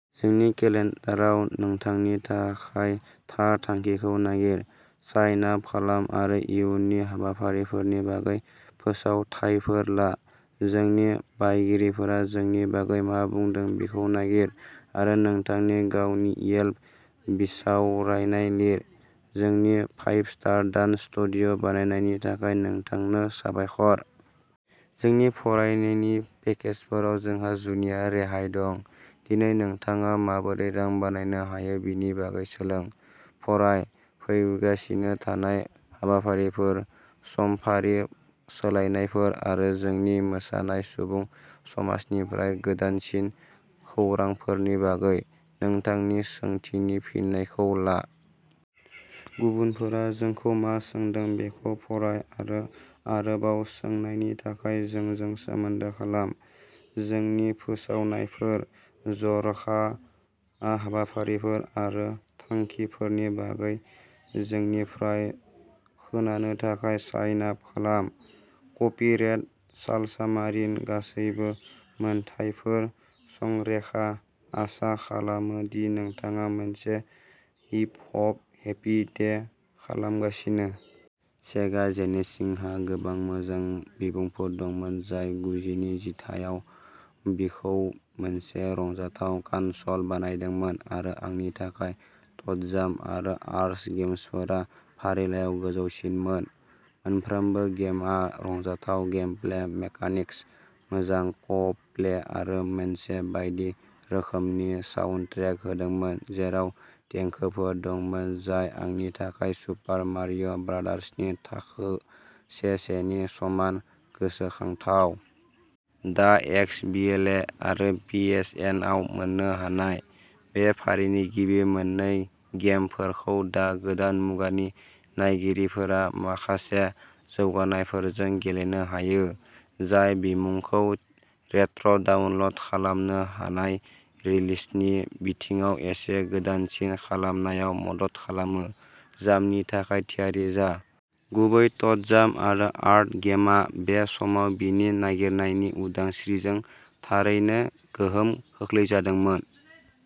जोंनि केलेन्डाराव नोंथांनि थाखाय थार थांखिखौ नागिर। साइन आप खालाम आरो इयुननि हाबाफारिफोरनि बागै फोसावथायफोर ला। जोंनि बायगिरिफोरा जोंनि बागै मा बुंदों बेखौ नागिर आरो नोंथांनि गावनि येल्प बिसावरायनाय लिर। जोंनो फाइभ स्टार डान्स स्टुडिय' बानायनायनि थाखाय नोंथांनो साबायखर। जोंनि फरायनायनि पेकेजफोराव जोंहा जुनिया रेहाय दं। दिनै नोंथाङा माबोरै रां बानायनो हायो बेनि बागै सोलों, फराय। फैगासिनो थानाय हाबाफारिफोर, समफारि सोलायनायफोर आरो जोंनि मोसानाय सुबुं समाजनिफ्राय गोदानसिन खौरांफोरनि बागै। नोंथांनि सोंथिनि फिनखौ ला। गुबुनफोरा जोंखौ मा सोंदों बेखौ फराय आरो आरोबाव सोंनायनि थाखाय जोंजों सोमोन्दो खालाम। जोंनि फोसावनायफोर, जर'खा हाबाफारिफोर आरो थाखोफोरनि बागै जोंनिफ्राय खोनानो थाखाय साइन आप खालाम। कपिरेइड सालसामारिन गासैबो मोनथायफोर संरैखा। आसा खालामो दि नोंथाङा मोनसे हिप हप हेपि डे खालामगासिनो। सेगा जेनेसिंहा गोबां मोजां बिमुंफोर दंमोन जाय गुजिनि जिथायाव बेखौ मोनसे रंजाथाव कानसल बानायदोंमोन, आरो आंनि थाखाय ट'जाम आरो आर्ल गेम्सफोरा फारिलाइयाव गोजौसिनावमोन। मोनफ्रोमबो गेमआ रंजाथाव गेमप्ले मेकानिक्स, मोजां क' प्ले, आरो मोनसे बायदि रोखोमनि साउन्डट्रेक होदोंमोन जेराव देंखोफोर दंमोन जाय आंनि थाखाय सुपार मारिय' ब्रादार्सनि थाखो से-से नि समान गोसोखांथाव। दा एक्सबीएलए आरो पीएसएनआव मोननो हानाय, बे फारिनि गिबि मोन्नै गेमफोरखौ दा गोदान मुगानि नायगिरिफोरा माखासे जौगानायफोरजों गेलेनो हायो जाय बिमुंखौ रेट्र'डाउनल'ड खालामनो हानाय रिलिजनि बिथिङाव एसे गोदानसिन खालामनायाव मदद खालामो। जामनि थाखाय थियारि जा। गुबै ट'जाम आरो आर्ल गेमआ बै समाव बेनि नागिरनायनि उदांस्रिजों थारैनो गोहोम खोख्लैजादोंमोन।